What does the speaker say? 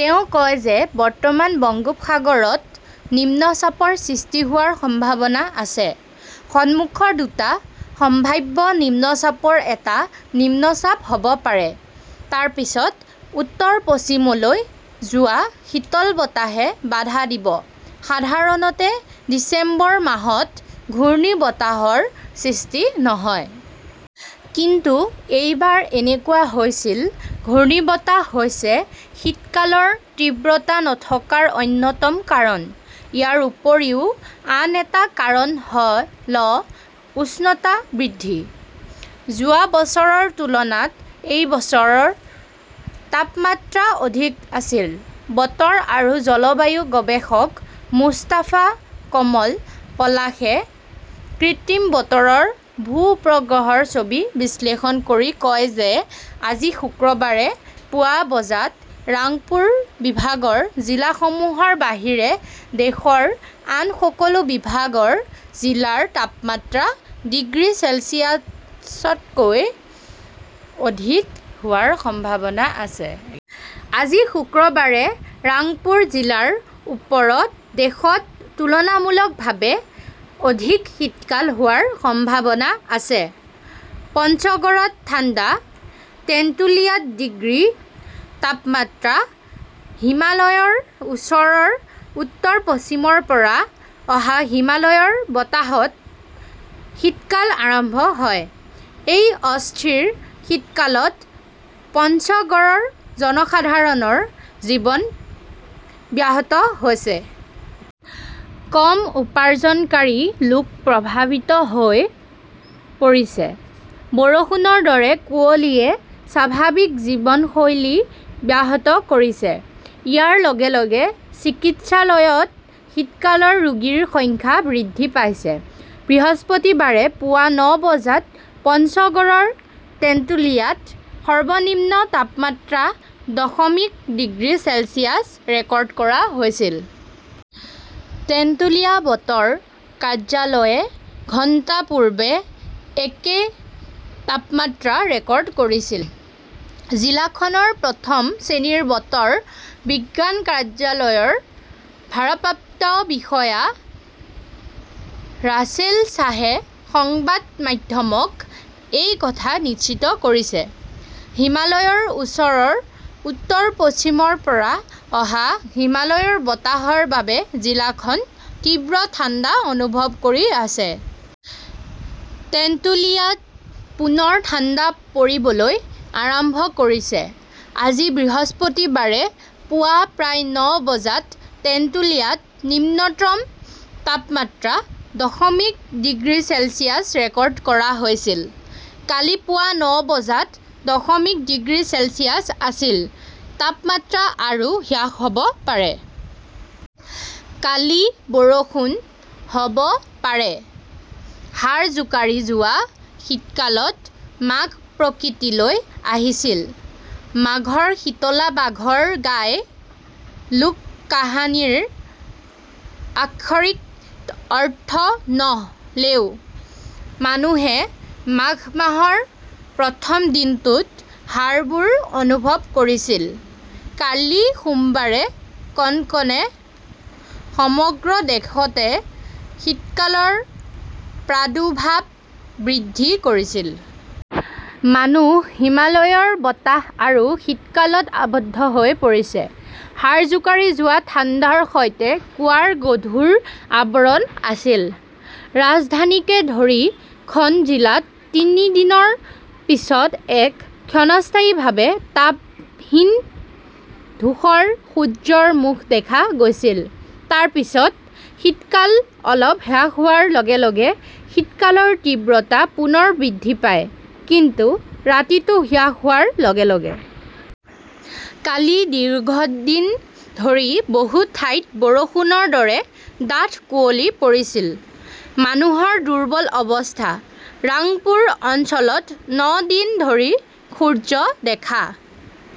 তেওঁ কয় যে বৰ্তমান বংগোপসাগৰত নিম্নচাপৰ সৃষ্টি হোৱাৰ সম্ভাৱনা আছে। সন্মুখৰ দুটা সম্ভাৱ্য নিম্নচাপৰ এটা নিম্নচাপ হ "ব পাৰে। তাৰ পিছত উত্তৰ-পশ্চিমলৈ যোৱা শীতল বতাহে বাধা দিব। সাধাৰণতে ডিচেম্বৰ মাহত ঘূৰ্ণীবতাহৰ সৃষ্টি নহয়। কিন্তু এইবাৰ এনেকুৱা হৈছিল। ঘূৰ্ণীবতাহ হৈছে শীতকালৰ তীব্ৰতা নথকাৰ অন্যতম কাৰণ। ইয়াৰ উপৰিও আন এটা কাৰণ হ "ল উষ্ণতা বৃদ্ধি। যোৱা বছৰৰ তুলনাত এই বছৰ তাপমাত্ৰা অধিক আছিল। বতৰ আৰু জলবায়ু গৱেষক মুস্তাফা কমল পলাশে কৃত্ৰিম বতৰৰ ভূ-উপগ্ৰহৰ ছবি বিশ্লেষণ কৰি কয় যে আজি শুক্ৰবাৰে পুৱা বজাত ৰাংপুৰ বিভাগৰ জিলাসমূহৰ বাহিৰে দেশৰ আন সকলো বিভাগৰ জিলাৰ তাপমাত্ৰা ডিগ্ৰী চেলছিয়াছতকৈ অধিক হোৱাৰ সম্ভাৱনা আছে। আজি শুক্ৰবাৰে ৰাংপুৰ জিলাৰ ওপৰত দেশত তুলনামূলকভাৱে অধিক শীতকাল হোৱাৰ সম্ভাৱনা আছে। পঞ্চগড়ত ঠাণ্ডা, টেন্টুলিয়াত ডিগ্ৰী তাপমাত্ৰা হিমালয়ৰ ওচৰৰ উত্তৰ-পশ্চিমৰ পৰা অহা হিমালয়ৰ বতাহত শীতকাল আৰম্ভ হয়। এই অস্থিৰ শীতকালত পঞ্চগড়ৰ জনসাধাৰণৰ জীৱন ব্যাহত হৈছে। কম উপাৰ্জনকাৰী লোক প্ৰভাৱিত হৈ পৰিছে। বৰষুণৰ দৰে কুঁৱলীয়ে স্বাভাৱিক জীৱনশৈলী ব্যাহত কৰিছে। ইয়াৰ লগে লগে চিকিৎসালয়ত শীতকালৰ ৰোগীৰ সংখ্যা বৃদ্ধি পাইছে। বৃহস্পতিবাৰে পুৱা ন বজাত পঞ্চগড়ৰ তেন্তুলিয়াত সৰ্বনিম্ন তাপমাত্ৰা দশমিক ডিগ্ৰী চেলছিয়াছ ৰেকৰ্ড কৰা হৈছিল। টেন্টুলিয়া বতৰ কাৰ্যালয়ে ঘণ্টা পূৰ্বে একে তাপমাত্ৰা ৰেকৰ্ড কৰিছিল। জিলাখনৰ প্ৰথম শ্ৰেণীৰ বতৰ বিজ্ঞান কাৰ্যালয়ৰ ভাৰপ্ৰাপ্ত বিষয়া ৰাছেল শ্বাহে সংবাদ মাধ্যমক এই কথা নিশ্চিত কৰিছে। "হিমালয়ৰ ওচৰৰ উত্তৰ-পশ্চিমৰ পৰা অহা হিমালয়ৰ বতাহৰ বাবে জিলাখন তীব্ৰ ঠাণ্ডা অনুভৱ কৰি আছে। টেন্টুলিয়াত পুনৰ ঠাণ্ডা পৰিবলৈ আৰম্ভ কৰিছে। আজি বৃহস্পতিবাৰে পুৱা প্ৰায় ন বজাত তেন্তুলিয়াত নিম্নতম তাপমাত্ৰা দশমিক ডিগ্ৰী চেলছিয়াছ ৰেকৰ্ড কৰা হৈছিল। কালি পুৱা ন বজাত দশমিক ডিগ্ৰী চেলছিয়াছ আছিল। তাপমাত্ৰা আৰু হ্ৰাস হ "ব পাৰে। "। কালি বৰষুণ হ "ব পাৰে হাড় জোকাৰি যোৱা শীতকালত মাঘ প্ৰকৃতিলৈ আহিছিল। 'মাঘৰ শীতলা বাঘৰ গাই "-লোককাহিনীৰ আক্ষৰিক অৰ্থ নহ" লেও, মানুহে মাঘ মাহৰ প্ৰথম দিনটোত হাড়বোৰ অনুভৱ কৰিছিল। কালি সোমবাৰে কনকনে সমগ্ৰ দেশতে শীতকালৰ প্ৰাদুৰ্ভাৱ বৃদ্ধি কৰিছিল। মানুহ হিমালয়ৰ বতাহ আৰু শীতকালত আৱদ্ধ হৈ পৰিছে। হাড় জোকাৰি যোৱা ঠাণ্ডাৰ সৈতে কুৱাৰ গধুৰ আৱৰণ আছিল। ৰাজধানীকে ধৰি খন জিলাত তিনি দিনৰ পিছত এক ক্ষণস্থায়ীভাৱে তাপহীন-ধূসৰ সূৰ্যৰ মুখ দেখা গৈছিল। তাৰ পিছত শীতকাল অলপ হ্ৰাস হোৱাৰ লগে লগে শীতকালৰ তীব্ৰতা পুনৰ বৃদ্ধি পায়, কিন্তু ৰাতিটো হ্ৰাস হোৱাৰ লগে লগে। কালি দীৰ্ঘদিন ধৰি বহু ঠাইত বৰষুণৰ দৰে ডাঠ কুঁৱলী পৰিছিল। মানুহৰ দুৰ্বল অৱস্থা। ৰাংপুৰ অঞ্চলত ন দিন ধৰি সূৰ্য দেখা